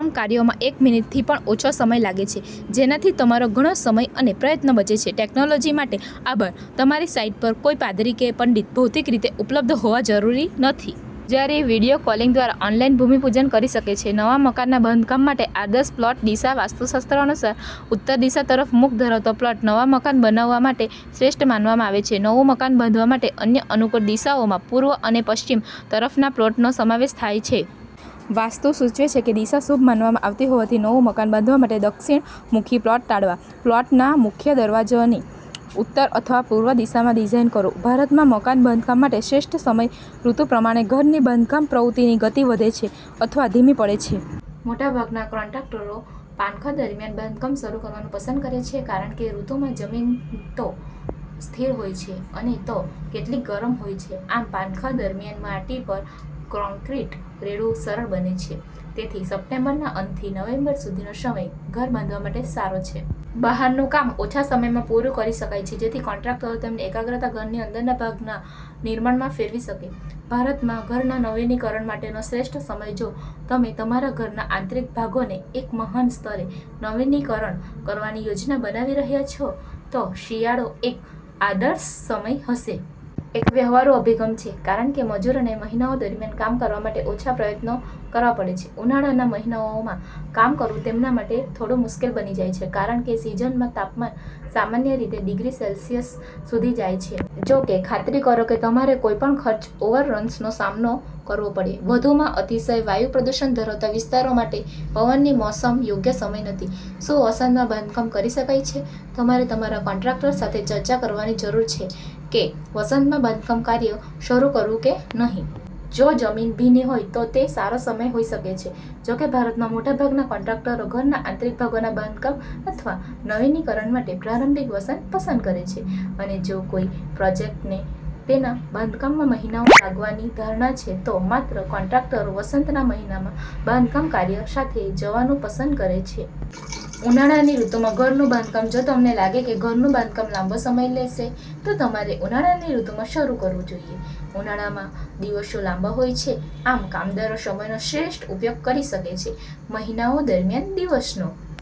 તમામ કાર્યોમાં એક મિનિટથી પણ ઓછો સમય લાગે છે, જેનાથી તમારો ઘણો સમય અને પ્રયત્ન બચે છે. ટેક્નોલોજી માટે આભાર, તમારે સાઈટ પર કોઈ પાદરી કે પંડિત ભૌતિક રીતે ઉપલબ્ધ હોવા જરૂરી નથી. પૂજારી વીડિયો કોલિંગ દ્વારા ઓનલાઈન ભૂમિપૂજન કરી શકે છે. નવા મકાનના બાંધકામ માટે આદર્શ પ્લોટ દિશા વાસ્તુશાસ્ત્ર અનુસાર, ઉત્તર દિશા તરફ મુખ ધરાવતો પ્લોટ નવા મકાન બનાવવા માટે શ્રેષ્ઠ માનવામાં આવે છે. નવું મકાન બાંધવા માટે અન્ય અનુકૂળ દિશાઓમાં પૂર્વ અને પશ્ચિમ તરફના પ્લોટનો સમાવેશ થાય છે. વાસ્તુ સૂચવે છે કે દિશા શુભ માનવામાં આવતીહોવાથી નવું મકાન બાંધવા માટે દક્ષિણમુખી પ્લોટ ટાળવા. પ્લોટના મુખ્ય દરવાજાને ઉત્તર અથવા પૂર્વ દિશામાં ડિઝાઇન કરો. ભારતમાં મકાન બાંધકામ માટે શ્રેષ્ઠ સમય ઋતુ પ્રમાણે ઘરની બાંધકામ પ્રવૃત્તિની ગતિ વધે છે અથવા ધીમી પડે છે. મોટાભાગના કોન્ટ્રાક્ટરો પાનખર દરમિયાન બાંધકામ શરૂ કરવાનું પસંદ કરે છે કારણ કેઋતુમાં જમીનતો સ્થિર હોય છે અનેતો એટલી ગરમ હોય છે. આમ, પાનખર દરમિયાન માટી પર કોંક્રિટ રેડવું સરળ બને છે. તેથી, સપ્ટેમ્બરના અંતથી નવેમ્બર સુધીનો સમય ઘર બાંધવા માટે સારો છે. બહારનું કામ ઓછા સમયમાં પૂરું કરી શકાય છે જેથી કોન્ટ્રાક્ટરો તેમની એકાગ્રતા ઘરની અંદરના ભાગના નિર્માણમાં ફેરવી શકે. ભારતમાં ઘરના નવીનીકરણ માટેનો શ્રેષ્ઠ સમય જો તમે તમારા ઘરના આંતરિક ભાગોને એક મહાન સ્તરે નવીનીકરણ કરવાની યોજના બનાવી રહ્યા છો, તો શિયાળો એક આદર્શ સમય હશે. એક વ્યવહારુ અભિગમ છે કારણ કે મજૂરોનેમહિનાઓ દરમિયાન કામ કરવા માટે ઓછા પ્રયત્નો કરવા પડે છે. ઉનાળાના મહિનાઓમાં કામ કરવું તેમના માટે થોડું મુશ્કેલ બની જાય છે કારણ કેસિઝનમાં તાપમાન સામાન્ય રીતે ડિગ્રી સેલ્સિયસ સુધી જાય છે. જો કે, ખાતરી કરો કે તમારે કોઈપણ ખર્ચ ઓવરરન્સનો સામનો કરવોપડે. વધુમાં, અતિશય વાયુ પ્રદૂષણ ધરાવતા વિસ્તારો માટે પવનની મોસમ યોગ્ય સમય નથી. શું વસંતમાં બાંધકામ કરી શકાય છે? તમારે તમારા કોન્ટ્રાક્ટર સાથે ચર્ચા કરવાની જરૂર છે કે વસંતમાં બાંધકામ કાર્ય શરૂ કરવું કે નહીં. જો જમીન ભીનીહોય, તો તે સારો સમય હોઈ શકે છે. જો કે, ભારતમાં, મોટાભાગના કોન્ટ્રાક્ટરો ઘરના આંતરિક ભાગોના બાંધકામ અથવા નવીનીકરણ માટે પ્રારંભિક વસંત પસંદ કરે છે. અને જો કોઈ પ્રોજેક્ટને તેના બાંધકામમાં મહિનાઓ લાગવાની ધારણા છે, તો માત્ર કોન્ટ્રાક્ટરો વસંતના મહિનામાં બાંધકામ કાર્ય સાથે જવાનું પસંદ કરે છે. ઉનાળાની ઋતુમાં ઘરનું બાંધકામ જો તમને લાગે કે ઘરનું બાંધકામ લાંબો સમય લેશે, તો તમારે ઉનાળાની ઋતુમાં શરૂ કરવું જોઈએ. ઉનાળામાં દિવસો લાંબા હોય છેઆમ, કામદારો સમયનો શ્રેષ્ઠ ઉપયોગ કરી શકે છે. મહિનાઓ દરમિયાન દિવસનો